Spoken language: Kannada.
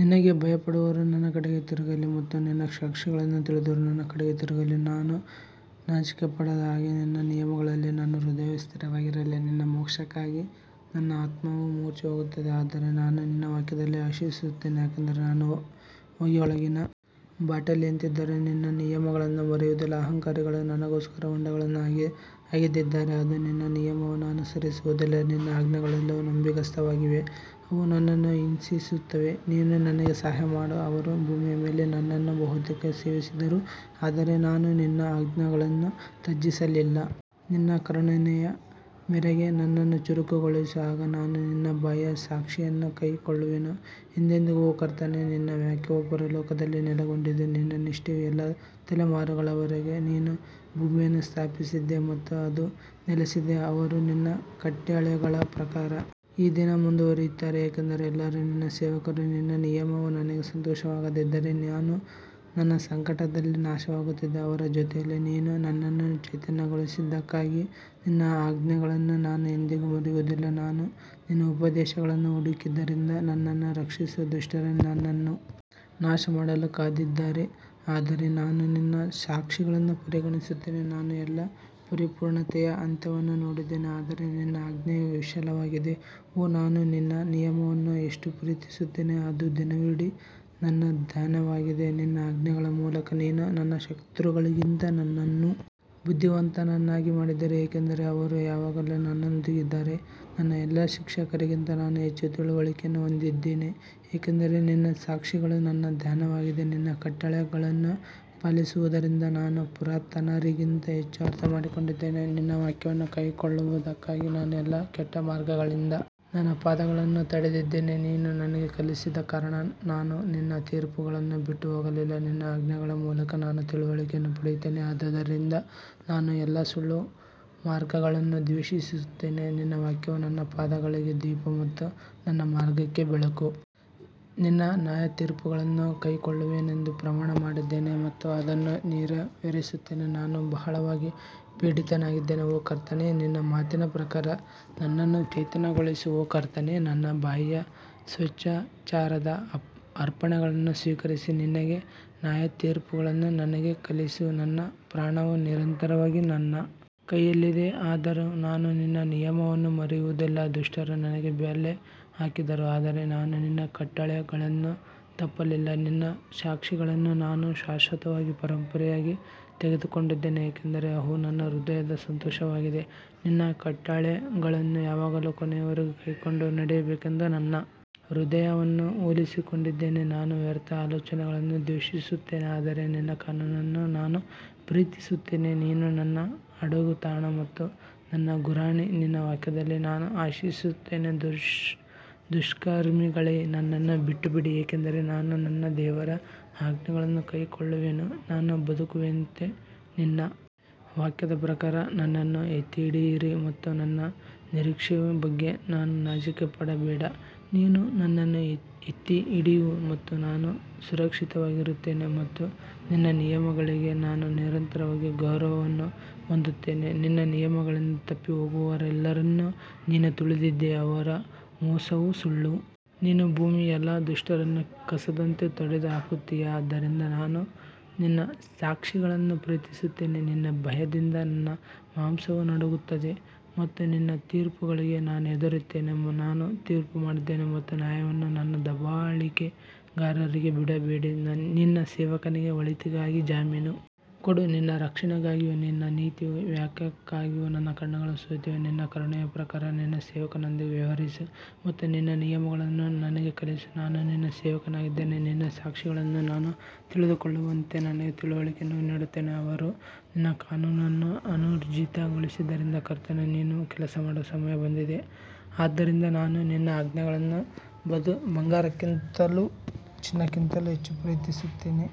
ನಿನಗೆ ಭಯಪಡುವವರು ನನ್ನ ಕಡೆಗೆ ತಿರುಗಲಿ ಮತ್ತು ನಿನ್ನ ಸಾಕ್ಷಿಗಳನ್ನು ತಿಳಿದವರು ನನ್ನ ಕಡೆಗೆ ತಿರುಗಲಿ ನಾನು ನಾಚಿಕೆಪಡದ ಹಾಗೆ ನಿನ್ನ ನಿಯಮಗಳಲ್ಲಿ ನನ್ನ ಹೃದಯವು ಸ್ಥಿರವಾಗಿರಲಿ ನಿನ್ನ ಮೋಕ್ಷಕ್ಕಾಗಿ ನನ್ನ ಆತ್ಮವು ಮೂರ್ಛೆಹೋಗುತ್ತದೆ ಆದರೆ ನಾನು ನಿನ್ನ ವಾಕ್ಯದಲ್ಲಿ ಆಶಿಸುತ್ತೇನೆ ಯಾಕಂದರೆ ನಾನು ಹೊಗೆಯೊಳಗಿನ ಬಾಟಲಿಯಂತಿದ್ದರೂ ನಿನ್ನ ನಿಯಮಗಳನ್ನು ಮರೆಯುವುದಿಲ್ಲ ಅಹಂಕಾರಿಗಳು ನನಗೋಸ್ಕರ ಹೊಂಡಗಳನ್ನು ಅಗೆದಿದ್ದಾರೆ, ಅದು ನಿನ್ನ ನಿಯಮವನ್ನು ಅನುಸರಿಸುವುದಿಲ್ಲ ನಿನ್ನ ಆಜ್ಞೆಗಳೆಲ್ಲವೂ ನಂಬಿಗಸ್ತವಾಗಿವೆ, ಅವು ನನ್ನನ್ನು ಹಿಂಸಿಸುತ್ತವೆ, ನೀನು ನನಗೆ ಸಹಾಯ ಮಾಡು ಅವರು ಭೂಮಿಯ ಮೇಲೆ ನನ್ನನ್ನು ಬಹುತೇಕ ಸೇವಿಸಿದರು ಆದರೆ ನಾನು ನಿನ್ನ ಆಜ್ಞೆಗಳನ್ನು ತ್ಯಜಿಸಲಿಲ್ಲ ನಿನ್ನ ಕರುಣೆಯ ಮೇರೆಗೆ ನನ್ನನ್ನು ಚುರುಕುಗೊಳಿಸು, ಆಗ ನಾನು ನಿನ್ನ ಬಾಯಿಯ ಸಾಕ್ಷಿಯನ್ನು ಕೈಕೊಳ್ಳುವೆನು ಎಂದೆಂದಿಗೂ ಓ ಕರ್ತನೇ ನಿನ್ನ ವಾಕ್ಯವು ಪರಲೋಕದಲ್ಲಿ ನೆಲೆಗೊಂಡಿದೆ ನಿನ್ನ ನಿಷ್ಠೆಯು ಎಲ್ಲಾ ತಲೆಮಾರುಗಳ ವರೆಗೆ, ನೀನು ಭೂಮಿಯನ್ನು ಸ್ಥಾಪಿಸಿದ್ದೀ ಮತ್ತು ಅದು ನೆಲೆಸಿದೆ ಅವರು ನಿನ್ನ ಕಟ್ಟಳೆಗಳ ಪ್ರಕಾರ ಈ ದಿನ ಮುಂದುವರಿಯುತ್ತಾರೆ ಏಕೆಂದರೆ ಎಲ್ಲರೂ ನಿನ್ನ ಸೇವಕರು ನಿನ್ನ ನಿಯಮವು ನನಗೆ ಸಂತೋಷವಾಗದಿದ್ದರೆ ನಾನು ನನ್ನ ಸಂಕಟದಲ್ಲಿ ನಾಶವಾಗುತ್ತಿದ್ದೆ ಅವರ ಜೊತೆಯಲ್ಲಿ ನೀನು ನನ್ನನ್ನು ಚೈತನ್ಯಗೊಳಿಸಿದ್ದಕ್ಕಾಗಿ ನಿನ್ನ ಆಜ್ಞೆಗಳನ್ನು ನಾನು ಎಂದಿಗೂ ಮರೆಯುವುದಿಲ್ಲ ನಾನು ನಿನ್ನ ಉಪದೇಶಗಳನ್ನು ಹುಡುಕಿದ್ದರಿಂದ ನನ್ನನ್ನು ರಕ್ಷಿಸು ದುಷ್ಟರು ನನ್ನನ್ನು ನಾಶಮಾಡಲು ಕಾದಿದ್ದಾರೆ ಆದರೆ ನಾನು ನಿನ್ನ ಸಾಕ್ಷಿಗಳನ್ನು ಪರಿಗಣಿಸುತ್ತೇನೆ ನಾನು ಎಲ್ಲಾ ಪರಿಪೂರ್ಣತೆಯ ಅಂತ್ಯವನ್ನು ನೋಡಿದ್ದೇನೆ ಆದರೆ ನಿನ್ನ ಆಜ್ಞೆಯು ವಿಶಾಲವಾಗಿದೆ ಓ ನಾನು ನಿನ್ನ ನಿಯಮವನ್ನು ಎಷ್ಟು ಪ್ರೀತಿಸುತ್ತೇನೆ ಅದು ದಿನವಿಡೀ ನನ್ನ ಧ್ಯಾನವಾಗಿದೆ ನಿನ್ನ ಆಜ್ಞೆಗಳ ಮೂಲಕ ನೀನು ನನ್ನ ಶತ್ರುಗಳಿಗಿಂತ ನನ್ನನ್ನು ಬುದ್ಧಿವಂತನನ್ನಾಗಿ ಮಾಡಿದ್ದೀರಿ ಏಕೆಂದರೆ ಅವರು ಯಾವಾಗಲೂ ನನ್ನೊಂದಿಗೆ ಇದ್ದಾರೆ ನನ್ನ ಎಲ್ಲಾ ಶಿಕ್ಷಕರಿಗಿಂತ ನಾನು ಹೆಚ್ಚು ತಿಳುವಳಿಕೆಯನ್ನು ಹೊಂದಿದ್ದೇನೆ ಏಕೆಂದರೆ ನಿನ್ನ ಸಾಕ್ಷಿಗಳು ನನ್ನ ಧ್ಯಾನವಾಗಿದೆ ನಿನ್ನ ಕಟ್ಟಳೆಗಳನ್ನು ಪಾಲಿಸುವುದರಿಂದ ನಾನು ಪುರಾತನರಿಗಿಂತ ಹೆಚ್ಚು ಅರ್ಥಮಾಡಿಕೊಂಡಿದ್ದೇನೆ ನಿನ್ನ ವಾಕ್ಯವನ್ನು ಕೈಕೊಳ್ಳುವದಕ್ಕಾಗಿ ನಾನು ಎಲ್ಲಾ ಕೆಟ್ಟ ಮಾರ್ಗಗಳಿಂದ ನನ್ನ ಪಾದಗಳನ್ನು ತಡೆದಿದ್ದೇನೆ ನೀನು ನನಗೆ ಕಲಿಸಿದ ಕಾರಣ ನಾನು ನಿನ್ನ ತೀರ್ಪುಗಳನ್ನು ಬಿಟ್ಟು ಹೋಗಲಿಲ್ಲ ನಿನ್ನ ಆಜ್ಞೆಗಳ ಮೂಲಕ ನಾನು ತಿಳುವಳಿಕೆಯನ್ನು ಪಡೆಯುತ್ತೇನೆ ಆದ್ದರಿಂದ ನಾನು ಎಲ್ಲಾ ಸುಳ್ಳು ಮಾರ್ಗಗಳನ್ನು ದ್ವೇಷಿಸುತ್ತೇನೆ ನಿನ್ನ ವಾಕ್ಯವು ನನ್ನ ಪಾದಗಳಿಗೆ ದೀಪ ಮತ್ತು ನನ್ನ ಮಾರ್ಗಕ್ಕೆ ಬೆಳಕು ನಿನ್ನ ನ್ಯಾಯತೀರ್ಪುಗಳನ್ನು ಕೈಕೊಳ್ಳುವೆನೆಂದು ಪ್ರಮಾಣ ಮಾಡಿದ್ದೇನೆ ಮತ್ತು ಅದನ್ನು ನೆರವೇರಿಸುತ್ತೇನೆ ನಾನು ಬಹಳವಾಗಿ ಪೀಡಿತನಾಗಿದ್ದೇನೆ ಓ ಕರ್ತನೇ ನಿನ್ನ ಮಾತಿನ ಪ್ರಕಾರ ನನ್ನನ್ನು ಚೈತನ್ಯಗೊಳಿಸು ಓ ಕರ್ತನೇ ನನ್ನ ಬಾಯಿಯ ಸ್ವೇಚ್ಛಾಚಾರದ ಅರ್ಪಣೆಗಳನ್ನು ಸ್ವೀಕರಿಸಿ ನಿನ್ನ ನ್ಯಾಯತೀರ್ಪುಗಳನ್ನು ನನಗೆ ಕಲಿಸು ನನ್ನ ಪ್ರಾಣವು ನಿರಂತರವಾಗಿ ನನ್ನ ಕೈಯಲ್ಲಿದೆ, ಆದರೂ ನಾನು ನಿನ್ನ ನಿಯಮವನ್ನು ಮರೆಯುವುದಿಲ್ಲ ದುಷ್ಟರು ನನಗೆ ಬಲೆ ಹಾಕಿದರು ಆದರೆ ನಾನು ನಿನ್ನ ಕಟ್ಟಳೆಗಳನ್ನು ತಪ್ಪಲಿಲ್ಲ ನಿನ್ನ ಸಾಕ್ಷಿಗಳನ್ನು ನಾನು ಶಾಶ್ವತವಾಗಿ ಪರಂಪರೆಯಾಗಿ ತೆಗೆದುಕೊಂಡಿದ್ದೇನೆ ಏಕೆಂದರೆ ಅವು ನನ್ನ ಹೃದಯದ ಸಂತೋಷವಾಗಿದೆ ನಿನ್ನ ಕಟ್ಟಳೆಗಳನ್ನು ಯಾವಾಗಲೂ ಕೊನೆಯವರೆಗೂ ಕೈಕೊಂಡು ನಡೆಯಬೇಕೆಂದು ನನ್ನ ಹೃದಯವನ್ನು ಒಲಿಸಿಕೊಂಡಿದ್ದೇನೆ ನಾನು ವ್ಯರ್ಥ ಆಲೋಚನೆಗಳನ್ನು ದ್ವೇಷಿಸುತ್ತೇನೆ ಆದರೆ ನಿನ್ನ ಕಾನೂನನ್ನು ನಾನು ಪ್ರೀತಿಸುತ್ತೇನೆ ನೀನು ನನ್ನ ಅಡಗುತಾಣ ಮತ್ತು ನನ್ನ ಗುರಾಣಿ ನಿನ್ನ ವಾಕ್ಯದಲ್ಲಿ ನಾನು ಆಶಿಸುತ್ತೇನೆ ದುಷ್ಕರ್ಮಿಗಳೇ ನನ್ನನ್ನು ಬಿಟ್ಟುಬಿಡಿ ಏಕೆಂದರೆ ನಾನು ನನ್ನ ದೇವರ ಆಜ್ಞೆಗಳನ್ನು ಕೈಕೊಳ್ಳುವೆನು ನಾನು ಬದುಕುವಂತೆ ನಿನ್ನ ವಾಕ್ಯದ ಪ್ರಕಾರ ನನ್ನನ್ನು ಎತ್ತಿಹಿಡಿಯಿರಿ ಮತ್ತು ನನ್ನ ನಿರೀಕ್ಷೆಯ ಬಗ್ಗೆ ನಾನು ನಾಚಿಕೆಪಡಬೇಡ ನೀನು ನನ್ನನ್ನು ಎತ್ತಿ ಹಿಡಿಯು ಮತ್ತು ನಾನು ಸುರಕ್ಷಿತವಾಗಿರುತ್ತೇನೆ ಮತ್ತು ನಿನ್ನ ನಿಯಮಗಳಿಗೆ ನಾನು ನಿರಂತರವಾಗಿ ಗೌರವವನ್ನು ಹೊಂದುತ್ತೇನೆ ನಿನ್ನ ನಿಯಮಗಳಿಂದ ತಪ್ಪಿ ಹೋಗುವವರೆಲ್ಲರನ್ನು ನೀನು ತುಳಿದಿದ್ದೀ, ಅವರ ಮೋಸವು ಸುಳ್ಳು ನೀನು ಭೂಮಿಯ ಎಲ್ಲಾ ದುಷ್ಟರನ್ನು ಕಸದಂತೆ ತೊಡೆದುಹಾಕುತ್ತೀಯಾ ಆದ್ದರಿಂದ ನಾನು ನಿನ್ನ ಸಾಕ್ಷಿಗಳನ್ನು ಪ್ರೀತಿಸುತ್ತೇನೆ ನಿನ್ನ ಭಯದಿಂದ ನನ್ನ ಮಾಂಸವು ನಡುಗುತ್ತದೆ ಮತ್ತು ನಿನ್ನ ತೀರ್ಪುಗಳಿಗೆ ನಾನು ಹೆದರುತ್ತೇನೆ ನಾನು ತೀರ್ಪು ಮಾಡಿದ್ದೇನೆ ಮತ್ತು ನ್ಯಾಯವನ್ನು ನನ್ನ ದಬ್ಬಾಳಿಕೆಗಾರರಿಗೆ ಬಿಡಬೇಡಿ ನಿನ್ನ ಸೇವಕನಿಗೆ ಒಳಿತಿಗಾಗಿ ಜಾಮೀನು ಕೊಡು ನಿನ್ನ ರಕ್ಷಣೆಗಾಗಿಯೂ ನಿನ್ನ ನೀತಿಯ ವಾಕ್ಯಕ್ಕಾಗಿಯೂ ನನ್ನ ಕಣ್ಣುಗಳು ಸೋತಿವೆ ನಿನ್ನ ಕರುಣೆಯ ಪ್ರಕಾರ ನಿನ್ನ ಸೇವಕನೊಂದಿಗೆ ವ್ಯವಹರಿಸು ಮತ್ತು ನಿನ್ನ ನಿಯಮಗಳನ್ನು ನನಗೆ ಕಲಿಸು ನಾನು ನಿನ್ನ ಸೇವಕನಾಗಿದ್ದೇನೆ, ನಿನ್ನ ಸಾಕ್ಷಿಗಳನ್ನು ನಾನು ತಿಳಿದುಕೊಳ್ಳುವಂತೆ ನನಗೆ ತಿಳುವಳಿಕೆಯನ್ನು ನೀಡುತ್ತೇನೆ ಅವರು ನಿನ್ನ ಕಾನೂನನ್ನು ಅನೂರ್ಜಿತಗೊಳಿಸಿದ್ದರಿಂದ ಕರ್ತನು ನೀನು ಕೆಲಸಮಾಡುವ ಸಮಯ ಬಂದಿದೆ ಆದದರಿಂದ ನಾನು ನಿನ್ನ ಆಜ್ಞೆಗಳನ್ನು ಬಂಗಾರಕ್ಕಿಂತಲೂ, ಚಿನ್ನಕ್ಕಿಂತಲೂ ಹೆಚ್ಚು ಪ್ರೀತಿಸುತ್ತೇನೆ.